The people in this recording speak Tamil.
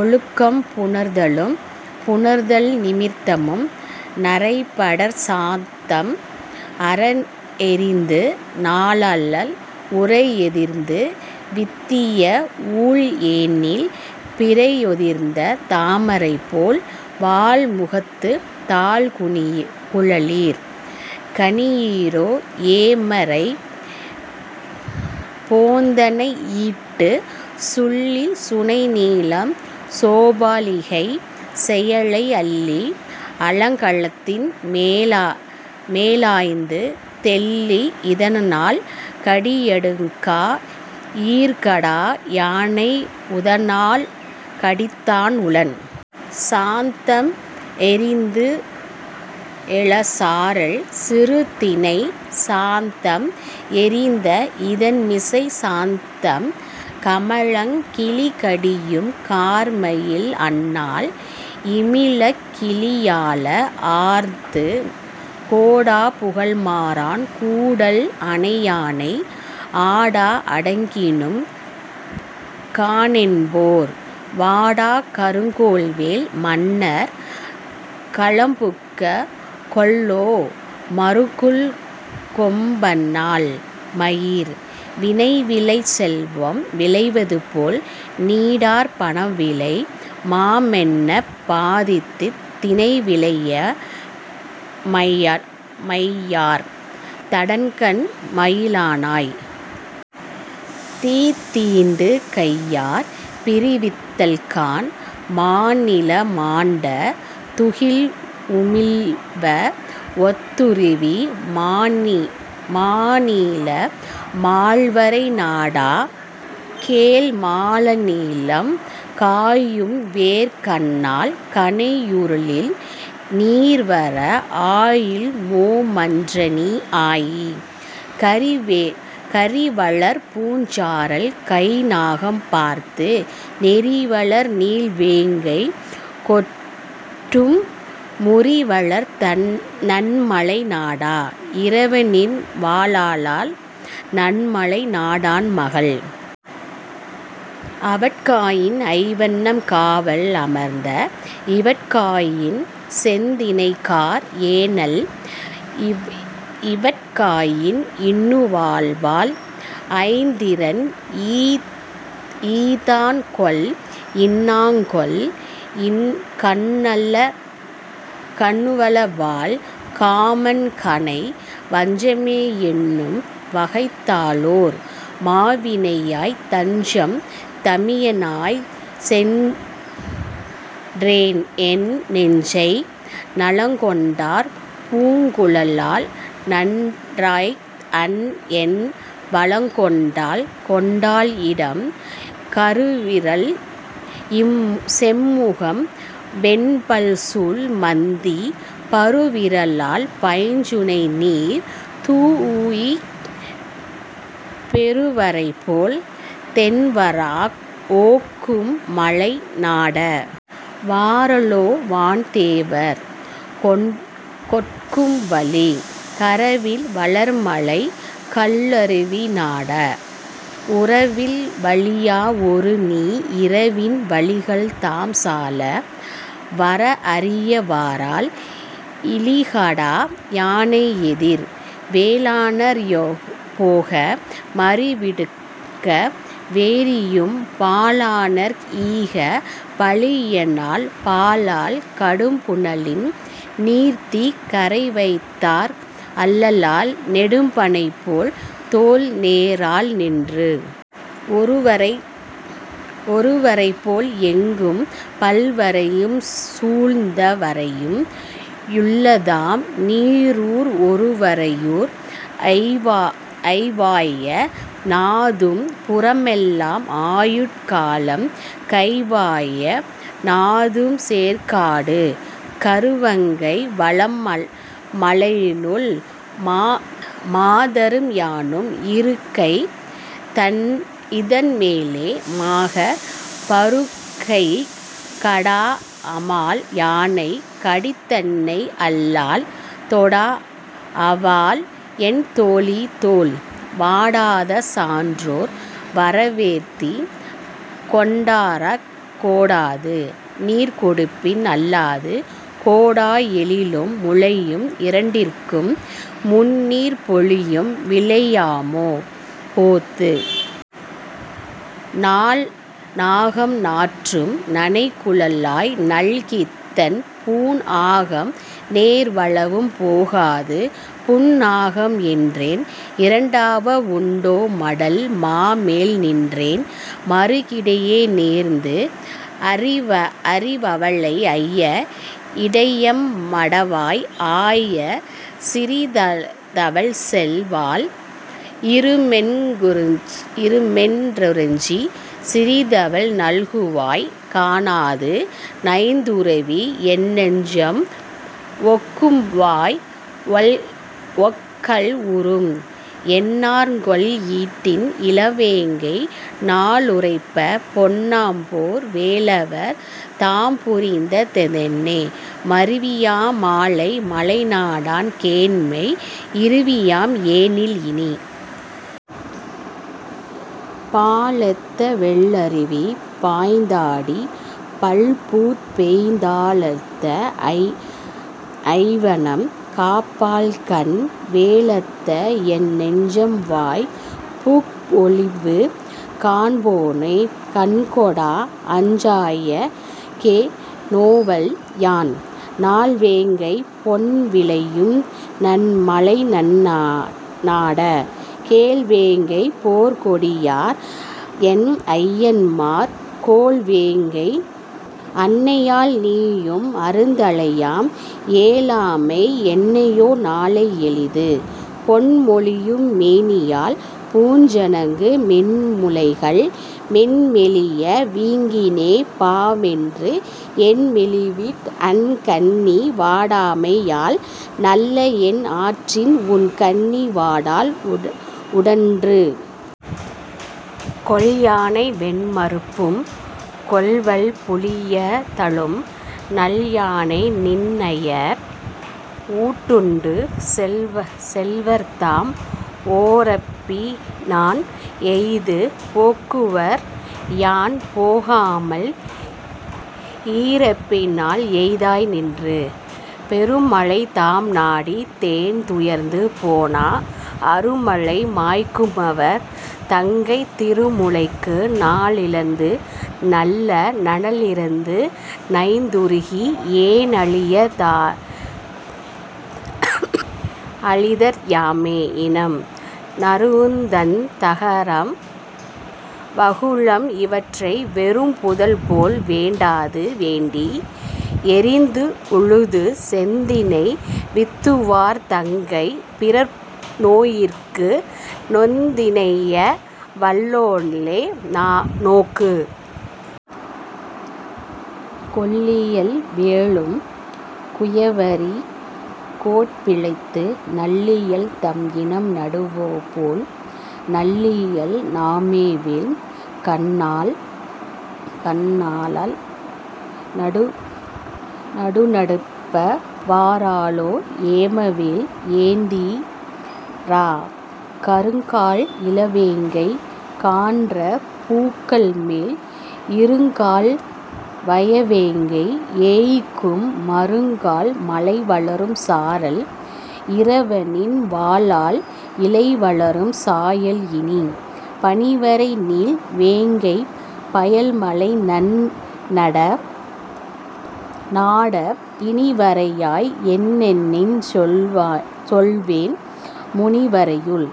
ஒழுக்கம் புணர்தலும் புணர்தல் நிமித்தமும். நறைபடர் சாந்தம் அறஎறிந்து, நாளால் உறைஎதிர்ந்து வித்தியஊழ் ஏனல் பிறையெதிர்ந்த தாமரைபோல் வாள்முகத்துத் தாழ்குழலீர்! காணீரோ ஏமரை போந்தன ஈண்டு. சுள்ளி சுனைநீலம் சோபா லிகைசெயலை அள்ளி அளகத்தின் மேலாய்ந்து தெள்ளி இதணால் கடியடுங்கா ஈர்ங்கடா யானை உதணால் கடிந்தான் உளன். சாந்தம் எறிந்துழுத சாரல் சிறுதினைச் சாந்தம் எறிந்த இதண்மிசைச் சாந்தம் கமழக் கிளிகடியும் கார்மயில் அன்னாள் இமிழக் கிளியழா ஆர்த்து. கோடா புகழ்மாறன் கூடல் அனையாளை ஆடா அடகினும் காணேன்போர் வாடாக் கருங்கொல்வேல் மன்னர் கலம்புக்க கொல்லோ மருங்குல்கொம் பன்னாள் மயிர். வினைவிளையச் செல்வம் விளைவதுபோல் நீடாப் பனைவிளைவு நாமெண்ணப் பாத்தித் தினைவிளைய மையார் தடங்கண் மயிலன்னாய்! தீத்தீண்டு கையார் பிரிவித்தல் காண்! மானீல மாண்ட துகில்உமிழ்வ ஒத்தருவி மானீல மால்வரை நாட! கேள் மாநீலம் காயும்வேற் கண்ணாள் கனையிருளின் நீவர ஆயுமோ மன்றநீ ஆய். கறிவளர்பூஞ் சாரல் கைந்நாகம் பார்த்து நெறிவளர் நீள்வேங்கை கொட்கும் முறிவளர் நன்மலை நாட! இரவரின் வாழாளால், நன்மலை நாடன் மகள். அவட்காயின் ஐவனம் காவல் அமைந்த இவட்காயின் செந்தினைகார் ஏனல் இவட்காயின் எண்ணுளவால் ஐந்திரண் ஈத்தான்கொல் என்னாங்கொல் கண்ணுளவால் காமன் கணை. வஞ்சமே என்னும் வகைத்தாலோர் மாவினாய்த் தஞ்சம் தமியனாய்ச் சென்றேன்என் நெஞ்சை நலங்கொண்டார் பூங்குழலாள் நன்றாயத் அன்என் வலங்கொண்டாள் கொண்டாள் இடம். கருவிரல் செம்முகம் வெண்பல்சூல் மந்தி பருவிரலால் பைஞ்சுனைநீர் தூஉய்ப் பெருவரைமேல் தேன்வார்க் ஓக்கும் மலை நாட! வாரலோ வான்தேவர் கொட்கும் வழி. கரவில் வளமலைக் கல்லருவி நாட! உரவில் வலியா ஒரு நீ இரவின் வழிகள்தாம் சால வரஅரிய வாரல் இழிகடா யானை எதிர். வேலனார் போக மறிவிடுக்க வேரியும் பாலனார்க் ஈக பழியிலாள் பாலால் கடும்புனலின் நீந்திக் கரைவைத்தாற் அல்லால் நெடும்பனைபோல் தோள்நேராள் நின்று. ஒருவரைபோல் எங்கும் பல்வரையும் சூழ்ந்த வருவரை யுள்ளதாம் சீறூர் வருவரையுள் ஐவாய நாதும் புறமெல்லாம் ஆயுங்கால் கைவாய நாதும்சேர் காடு. வருக்கை வளமலையுள் மாதரும் யானும் இருக்கை இதண்மேலே மாகப் பருக்கைக் கடாஅமால் யானை கடிந்தானை அல்லால் தொடாஅவால் என்தோழி தோள். வாடாத சான்றோர் வரவெதிர் கொண்டிராய்க் கோடாது நீர்கொடுப்பின் அல்லது கோடா எழிலும் முலையும் இரண்டிற்கும் முந்நீர்ப் பொழிலும் விலையாமோ போந்து. நாள்நாகம் நாறும் நனைகுழலாள் நல்கித்தன் பூண்ஆகம் நேர்வளவும் போகாது பூண்ஆகம் என்றேன் இரண்டாவ உண்டோ மடல் மாமேல் நின்றேண் மறுகிடையே நேர்ந்து. அறிஅவளை ஐய இடைம்மடவாய் ஆயச் சிறிதவள்செல் வாள்இறுமென் றஞ்சிச் சிறிதவள் நல்கும்வாய் காணாது நைந்துருகி என்நெஞ்சம் ஒல்கும்வாய் ஒல்கல் உறும். என்னாங்கொல் ஈடில் இளவேங்கை நாளுரைப்பப் பொன்னாம்போர் வேலவர் தாம்புரிந்த தென்னே மருவியா மாலை மலைநாடன் கேண்மை இருவியாம் ஏனல் இனி. பாலெத்த வெள்ளருவி பாய்ந்தாடிப் பல்பூப்பெய் தாலொத்த ஐவனம் காப்பாள்கண் வேலொத்என் நெஞ்சம்வாய்ப் புக்ஒழிவு காண்பானோ காண்கொடா அஞ்சாயற் கேநோவல் யான். நாள்வேங்கை பொன்விளையும் நன்மலை நன்னாட! கோள்வேங்கை போற்கொடியார் என்ஐயன்மார் கோள்வேங்கை அன்னையால் நீயும் அருந்தழையாம் ஏலாமைக் என்னையோ நாளை எளிது. பொன்மெலியும் மேனியாள் பூஞ்சுணங்கு மென்முலைகள் என்மெலிய வீங்கினவே பாவமென்று என்மெலிவிற் அண்கண்ணி வாடாமை யால்நல்ல என்ஆற்றான் உண்கண்ணி வாடாள் உடன்று. கொல்யானை வெண்மருப்பும் கொல்வல் புலியதளும் நல்யானை நின்ஐயர் கூட்டுண்டு செல்வர்தாம் ஓரம்பி னான்எய்து போக்குவர்யான் போகாமல் ஈரம்பி னால்எய்தாய் இன்று. பெருமலை தாம்நாடித் தேன்துய்த்துப் பேணா அருமலை மாய்க்குமவர் தங்கை திருமுலைக்கு நாணழிந்து நல்ல நலனழிந்து நைந்துருகி ஏண்அழிதற் யாமே இனம். நறுந்தண் தகரம் வகுளம் இவற்றை வெறும்புதல்போல் வேண்டாது வேண்டி எறிந்உழுது செந்தினை வித்துவார் தங்கை பிறர்நோய்க்கு நொந்தினைய வல்லளோ நோக்கு. கொல்லியல் வேழும் குயவரி கோட்பிழைத்து நல்லியல் தம்இனம் நாடுவபோல் நல்லியல் நாமவேல் கண்ணாள் நடுநடுப்ப வாராலோ ஏமவேல் ஏந்திஇரா. கருங்கால் இளவேங்கை கான்றபூக் கள்மேல் இருங்கால் வயவேங்கை ஏய்க்கும் மருங்கால் மழைவளரும் சாரல் இரவரின் வாழாள் இழைவளரும் சாயல் இனி. பனிவரைநீள் வேங்கைப் பயமலைநன் நாட இனிவரையாய் என்றெண்ணிச் சொல்வேன் முனிவரையுள்।